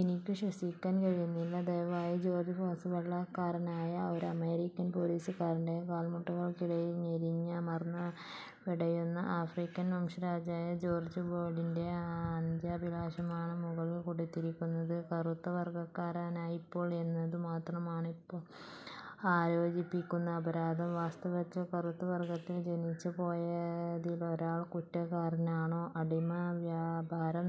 എനിക്ക് ശ്വസിക്കാൻ കഴിയുന്നില്ല. ദയവായി. George Floyd. വെള്ളക്കാരനായ ഒരമേരിക്കൻ പോലീസുകാരൻ്റെ കാൽമുട്ടുകൾക്കിടയിൽ ഞെരിഞ്ഞമർന്ന് പിടയുന്ന ആഫ്രിക്കൻ വംശജനായ ജോർജ് ഫ്ലോയ്ഡിൻ്റെ അന്ത്യാഭിലാഷമാണ് മുകളിൽ കൊടുത്തിരിക്കുന്നത്. കറുത്ത വർഗക്കാരനായിപ്പോയി എന്നതുമാത്രമാണയാളിൽ ആരോപിക്കുന്ന അപരാധം. വാസ്തവത്തിൽ, കറുത്ത വർഗത്തിൽ ജനിച്ചുപോയതിലൊരാൾ കുറ്റക്കാരനാണോ? അടിമവ്യാപാരം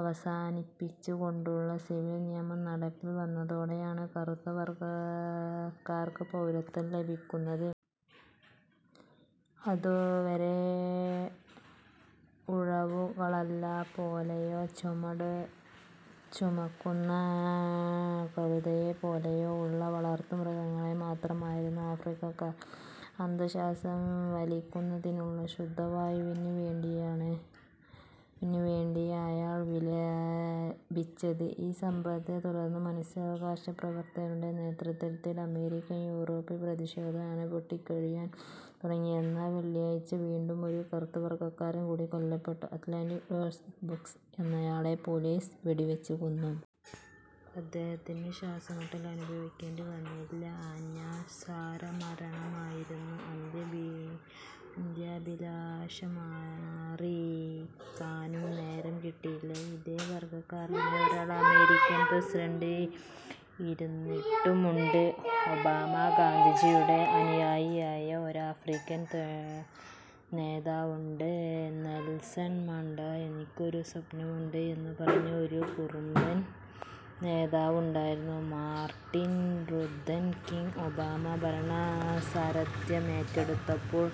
അവസാനിപ്പിച്ചുകൊണ്ടുള്ള സിവിൽ നിയമം നടപ്പിൽ വന്നതോടെയാണ് കറുത്ത വർഗക്കാർക്ക് പൗരത്വം ലഭിക്കുന്നത്. അതുവരെ ഉഴവുകാളയെപ്പോലെയോ ചുമടുചുമക്കുന്ന കഴുതയെപ്പോലെയോ ഉള്ള വളർത്തുമൃഗങ്ങൾ മാത്രമായിരുന്നു ആഫ്രിക്കക്കാർ. അന്ത്യശ്വാസം വലിക്കുന്നതിനുള്ള ശുദ്ധവായുവിന് വേണ്ടിയാണയാൾ വിലപിച്ചത്.ഈ സംഭവത്തെ തുടർന്ന് മനുഷ്യാവകാശ പ്രവർത്തകരുടെ നേതൃത്വത്തിൽ അമേരിക്കയിലും യൂറോപ്പിലും പ്രതിഷേധം അണപൊട്ടിയൊഴുകാൻ തുടങ്ങി. എന്നാൽ വെള്ളിയാഴ്ച വീണ്ടും ഒരു കറുത്ത വർഗക്കാരൻ കൂടി കൊല്ലപ്പെട്ടു. അറ്റ്ലാന്റയിൽ റേയ്ഹാർഡ് ബ്രൂക്ക്സ് എന്നയാളെ പോലീസ് വെടിവെച്ചുകൊന്നു. അദ്ദേഹത്തിന് ശ്വാസംമുട്ടലനുഭവിക്കേണ്ടിവന്നില്ല. അനായാസ മരണമായിരുന്നു. അന്ത്യാഭിലാഷമറിയിക്കാനും നേരം കിട്ടിയില്ല. ഇതേ വർഗക്കാരനായ ഒരാൾ അമേരിക്കൻ പ്രസിഡന്റായി ഇരുന്നിട്ടുമുണ്ട്, ഒബാമ. ഗാന്ധിജിയുടെ അനുയായിയായ ഒരാഫ്രിക്കൻ നേതാവുണ്ട്, നെൽസൺ മണ്ടേല. എനിക്കൊരു സ്വപ്നമുണ്ട് എന്നു പറഞ്ഞ ഒരു കറുമ്പൻ നേതാവുണ്ടായിരുന്നു, മാർട്ടിൻ ലൂഥർ കിംഗ്. ഒബാമ ഭരണസാരഥ്യമേറ്റെടുത്തപ്പോൾ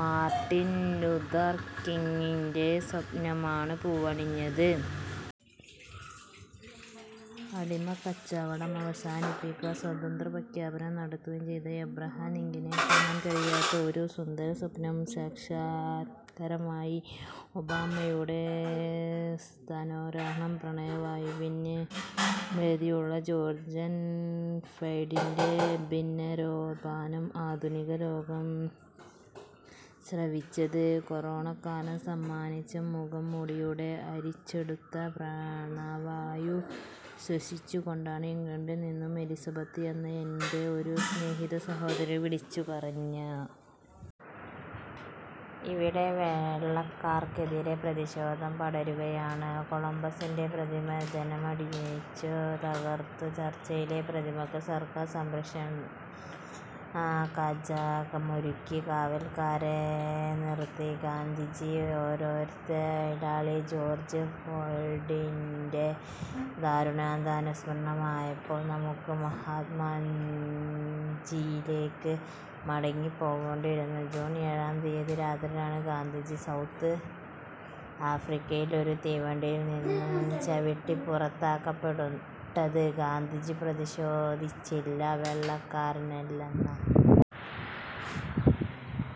മാർട്ടിൻ ലൂഥർ കിംഗിൻ്റെ സ്വപ്നമാണ് പൂവണിഞ്ഞത്. അടിമക്കച്ചവടം അവസാനിപ്പിക്കുകയും സ്വാതന്ത്ര്യപ്രഖ്യാപനം നടത്തുകയും ചെയ്ത എബ്രഹാം ലിങ്കണിന് കാണാൻ കഴിയാതിരുന്ന ഒരു സുന്ദര സ്വപ്നത്തിൻ്റെ സാക്ഷാത്കാരമായിരുന്നു ഒബാമയുടെ സ്ഥാനാരോഹണം. പ്രാണവായുവിന് വേണ്ടിയുള്ള ജോർജ് ഫ്ലോയ്ഡിൻ്റെ ദീനരോദനം ആധുനികലോകം ശ്രവിച്ചത് കൊറോണക്കാലം സമ്മാനിച്ച മുഖംമൂടിയിലൂടെ അരിച്ചെടുത്ത പ്രാണവായു ശ്വസിച്ചുകൊണ്ടാണ്. ഇംഗ്ലണ്ടിൽ നിന്നും എലിസബത്ത് എന്ന എൻ്റെ ഒരു സ്നേഹിത, സഹോദരി വിളിച്ചുപറഞ്ഞു. ഇവിടെ വെള്ളക്കാർക്കെതിരെ പ്രതിഷേധാഗ്നി പടരുകയാണ്. കൊളംബസിൻ്റെ പ്രതിമ ജനമടിച്ചുതകർത്തു. ചർച്ചിലിൻ്റെ പ്രതിമക്ക് സർക്കാർ സംരക്ഷണകവചമൊരുക്കി കാവൽക്കാരെ നിർത്തിയിരിക്കുകയാണ്. ഗാന്ധിജി ഒരതിഥിത്തൊഴിലാളി? ജോർജ് ഫ്ലോയ്ഡിൻ്റെ ദാരുണാന്ത്യം അനുസ്മരിക്കുമ്പോൾ നമുക്ക് മഹാത്മജിയിലേക്ക് മടങ്ങിപ്പോകേണ്ടിവരുന്നു. ജൂൺ ഏഴാം തീയതി രാത്രിയിലാണ് ഗാന്ധിജി സൗത്ത് ആഫ്രിക്കയിൽ ഒരു തീവണ്ടിയിൽ നിന്ന് ചവിട്ടിപ്പുറത്താക്കപ്പെടുന്നത്. ഗാന്ധിജി പ്രതിഷേധിച്ചില്ല. വെള്ളക്കാരനല്ലെന്ന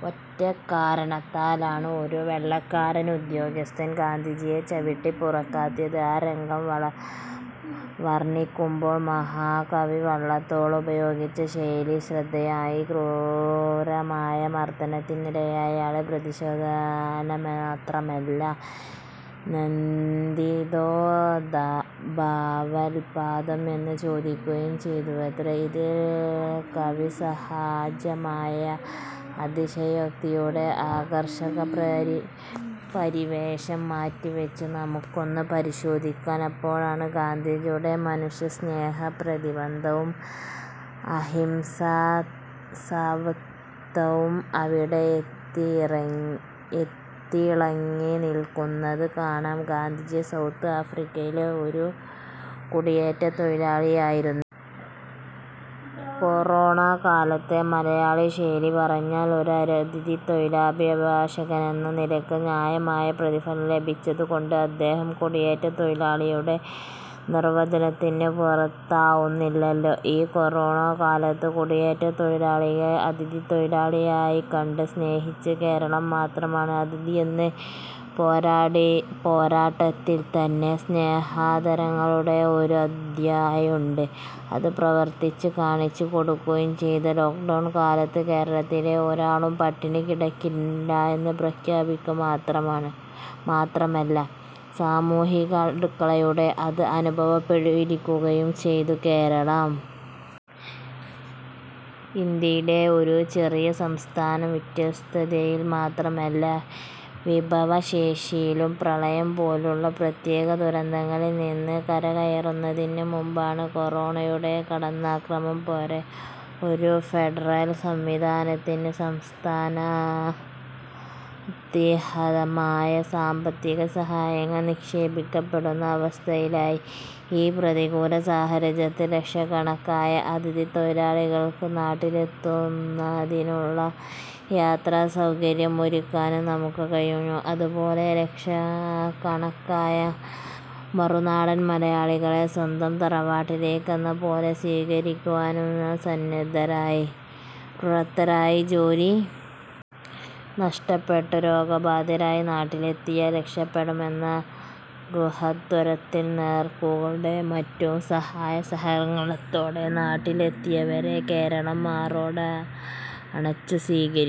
ഒറ്റക്കാരണത്താലാണ് ഒരു വെള്ളക്കാരനുദ്യോഗസ്ഥൻ ഗാന്ധിജിയെ ചവിട്ടിപ്പുറത്താക്കിയത്.ആ രംഗം വർണിക്കുമ്പോൾ മഹാകവി വള്ളത്തോളുപയോഗിച്ച ശൈലി ശ്രദ്ധേയമാണ്. ക്രൂരമായ മർദനത്തിനിരയായ ആൾ പ്രതിഷേധിച്ചില്ലെന്നുമാത്രമല്ല, നൊന്തിതോ ഭവൽപ്പാദം എന്ന് ചോദിക്കുകയും ചെയ്തുവത്രെ. ഇതിൽ കവിസഹജമായ അതിശയോക്തിയുടെ ആകർഷകപരിവേഷം മാറ്റിവെച്ച് നമുക്കൊന്ന് പരിശോധിക്കാം. അപ്പോഴും ഗാന്ധിജിയുടെ മനുഷ്യസ്നേഹപ്രതിബദ്ധതയും അഹിംസാവ്രതവും അവിടെത്തിളങ്ങിനിൽക്കുന്നത് കാണാം. ഗാന്ധിജി സൗത്ത് ആഫ്രിക്കയിൽ ഒരു കുടിയേറ്റത്തൊഴിലാളിയായിരു. കൊറോണക്കാലത്തെ മലയാളശൈലിയിൽ പറഞ്ഞാൽ ഒരതിഥിത്തൊഴിലാളി. അഭിഭാഷകനെന്ന നിലയ്ക്ക് ന്യായമായ പ്രതിഫലം ലഭിച്ചിരുന്നതുകൊണ്ട് അദ്ദേഹം കുടിയേറ്റത്തൊഴിലാളിയുടെ നിർവചനത്തിന് പുറത്താവുന്നില്ലല്ലോ.ഈ കൊറോണക്കാലത്ത് കുടിയേറ്റത്തൊഴിലാളിയെ അതിഥിത്തൊഴിലാളിയായി കണ്ട് സ്നേഹിച്ചത് കേരളം മാത്രമാണ്. അതിഥിയെന്ന് പേരിട്ടതിൽത്തന്നെ സ്നേഹാദരങ്ങളുടെ ഒരു ധ്വനിയുണ്ട്. അത് പ്രവർത്തിച്ച് കാണിച്ചുകൊടുക്കുകയും ചെയ്തു. ലോക്ക്ഡൗൺ കാലത്ത് കേരളത്തിൽ ഒരാളും പട്ടിണി കിടക്കാനിടയാവില്ലെന്ന് പ്രഖ്യാപിക്കുക മാത്രമല്ല, സാമൂഹ്യഅടുക്കളയിലൂടെ അത് അനുഭവപ്പെടുത്തിക്കൊടുക്കുകയും ചെയ്തു. കേരളം ഇന്ത്യയിലെ ഒരു ചെറിയ സംസ്ഥാനമാണ്. വിസ്തൃതിയിൽ മാത്രമല്ല, വിഭവശേഷിയിലും. പ്രളയം പോലുള്ള പ്രകൃതിദുരന്തങ്ങളിൽ നിന്ന് കരകയറുന്നതിന് മുമ്പാണ് കൊറോണയുടെ കടന്നാക്രമണം. പോരാ, ഒരു ഫെഡറൽ സംവിധാനത്തിൽ സംസ്ഥാനത്തിനർഹമായ സാമ്പത്തിക സഹായങ്ങൾ നിഷേധിക്കപ്പെടുന്ന അവസ്ഥയുണ്ടായി.ഈ പ്രതികൂല സാഹചര്യത്തിലും ലക്ഷക്കണക്കായ അതിഥിത്തൊഴിലാളികൾക്ക് നാട്ടിലെത്തുന്നതിനുള്ള യാത്രാസൗകര്യമൊരുക്കുവാനും നമുക്ക് കഴിഞ്ഞു. അതുപോലെ ലക്ഷക്കണക്കായ മറുനാടൻ മലയാളികളെ സ്വന്തം തറവാട്ടിലേക്കെന്നപോലെ സ്വീകരിക്കുവാനും നാം സന്നദ്ധരായി, പ്രാപ്തരായി. ജോലി നഷ്ടപ്പെട്ടും രോഗബാധിതരായും നാട്ടിലെത്തിയാൽ രക്ഷപ്പെടുമെന്ന ഗൃഹാതുരത്വത്തിൽ നോർക്കയുടെയും മറ്റും സഹായസഹകരണങ്ങളോടെ നാട്ടിലെത്തിയവരെ കേരളം മാറോടണച്ചുസ്വീകരിച്ചു.